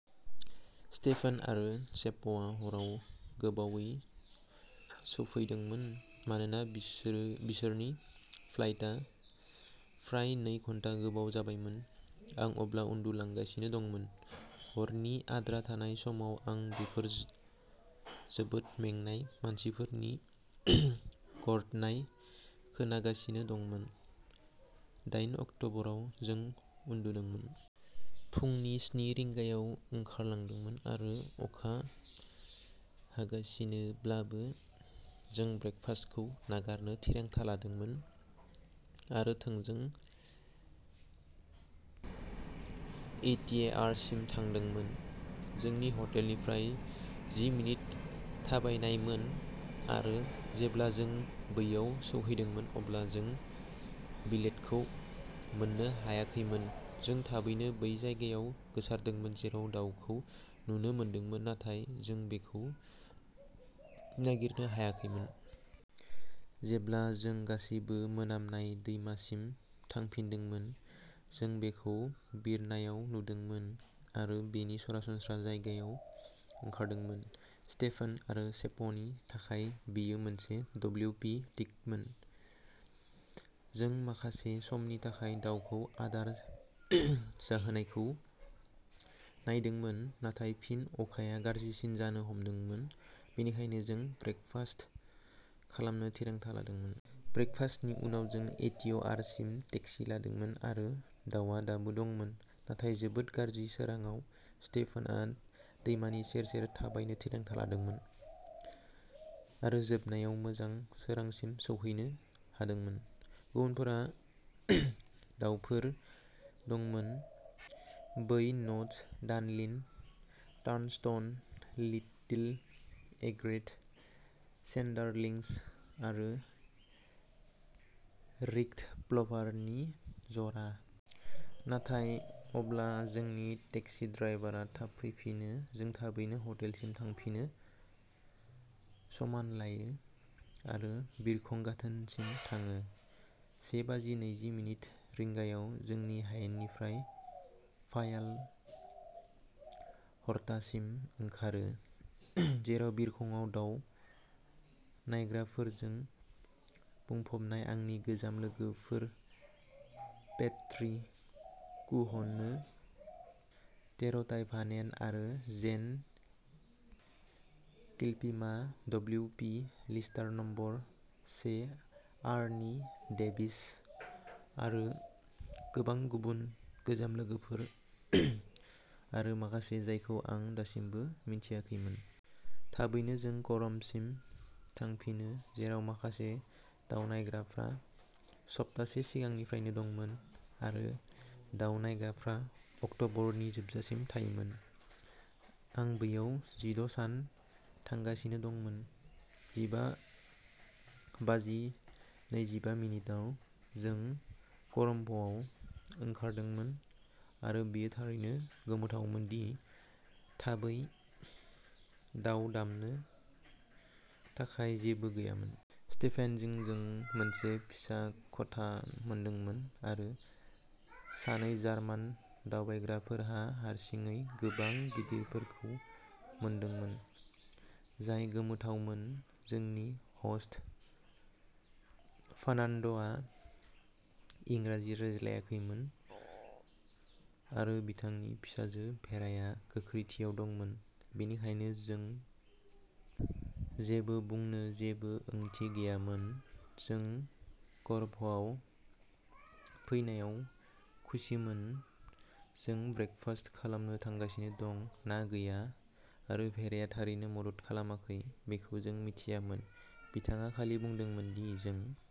Stefan आरो सेप्प'आ हराव गोबावै सौफैदोंमोन मानोना बिसोरनि फ्लाइटआ फ्राय नै घन्टा गोबाव जाबायमोन। आं अब्ला उन्दुलांगासिनो दंमोन। हरनि आद्रा थानाय समाव आं बेफोर जोबोद मेंनाय मानसिफोरनि गरदनाय खोनागासिनो दंमोन। दायेन अक्ट'बराव जों उन्दुदोंमोन। फुंनि स्नि रिंगायाव ओंखारलांदोंमोन आरो अखा हागासिनोब्लाबो जों ब्रेकफास्टखौ नागारनो थिरांथा लादोंमोन आरो थोंजों ईटीएआरसिम थांदोंमोन। जोंनि हटेलनिफ्राय जि मिनिट थाबायनायमोन आरो जेब्ला जों बैयाव सौहैदोंमोन अब्ला जों विलेटखौ मोननो हायाखैमोन। जों थाबैनो बै जायगायाव गोसारदोंमोन जेराव दाउखौ नुनो मोनदोंमोन नाथाय जों बेखौ नागिरनो हायाखैमोन। जेब्ला जों गासैबो मोनामनाय दैमासिम थांफिनदोंमोन, जों बेखौ बिरनायाव नुदोंमोन आरो बेनि सरासनस्रा जायगायाव ओंखारदोंमोन। स्टेफान आरो सेप्प'नि थाखाय बेयो मोनसे डब्लिउपी टिकमोन। जों माखासे समनि थाखाय दाउखौ आदार जाहोनायखौ नायदोंमोन नाथाय फिन अखाया गाज्रिसिन जानो हमदोंमोन बेनिखायनो जों ब्रेकफास्ट खालामनो थिरांथा लादोंमोन। ब्रेकफास्टनि उनाव जों ईटीअआरसिम टेक्सि लादोंमोन आरो दाउआ दाबो दंमोन, नाथाय जोबोद गाज्रि सोरांआव स्टेफानआ दैमानि सेर सेर थाबायनो थिरांथा लादोंमोन आरो जोबनायाव मोजां सोरांसिम सौहैनो हादोंमोन। गुबुनफोरा दाउफोर दंमोन बै knots, dunlin, turnstone, little egret, sanderlings आरो रिग्ड प्लभारनि जरा। नाथाय अब्ला जोंनि टेक्सि-ड्राइबारा थाब फैफिनो, जों थाबैनो ह'टेलसिम थांफिनो, समान लायो आरो बिरखं गाथोनसिम थाङो। से बाजि नैजि मिनिट रिंगायाव जोंनि हायेननिफ्राय फायाल, ह'र्टासिम ओंखारो, जेराव बिरखंआ दाव नायग्राफोरजों बुंफबनाय आंनि गोजाम लोगोफोर पेट्री कुहनो, टेर'टायभानेन आरो जेन किलपिमा, डब्लिउपि लिस्टार नम्बर से आर्नी डेभिस आरो गोबां गुबुन गोजाम लोगोफोर आरो माखासे जायखौ आं दासिमबो मिन्थियाखैमोन। थाबैनो जों क'रमसिम थांफिनो, जेराव माखासे दाव नायग्राफ्रा सप्तासे सिगांनिफ्रायनो दंमोन आरो दाव नायग्राफ्रा अक्ट'बरनि जोबजासिम थायोमोन। आं बैयाव जिद' सान थांगासिनो दंमोन, जिबा बाजि नैजिबा मिनिट आव जों क'रमभ'आव ओंखारदोंमोन आरो बेयो थारैनो गोमोथावमोन दि थाबै दाव दामनो थाखाय जेबो गैयामोन। स्टेफेनजों जों मोनसे फिसा खथा मोनदोंमोन आरो सानै जार्मान दावबायग्राफोरा हारसिङै गोबां गिदिरफोरखौ मोनदोंमोन, जाय गोमोथावमोन। जोंनि ह'स्ट फार्नान्ड'आ इंराजि रायज्लायाखैमोन आरो बिथांनि फिसाजो भेराया गोख्रैथिआव दंमोन, बेनिखायनो जेबो बुंनो जेबो ओंथि गैयामोन जों करभ'आव फैनायाव खुसिमोन जों ब्रेकफास्ट खालामनो थांगासिनो दं ना गैया आरो भेराया थारैनो मदद खालामाखै बेखौ जों मिथियामोन। बिथाङा खालि बुंदोंमोन दि जों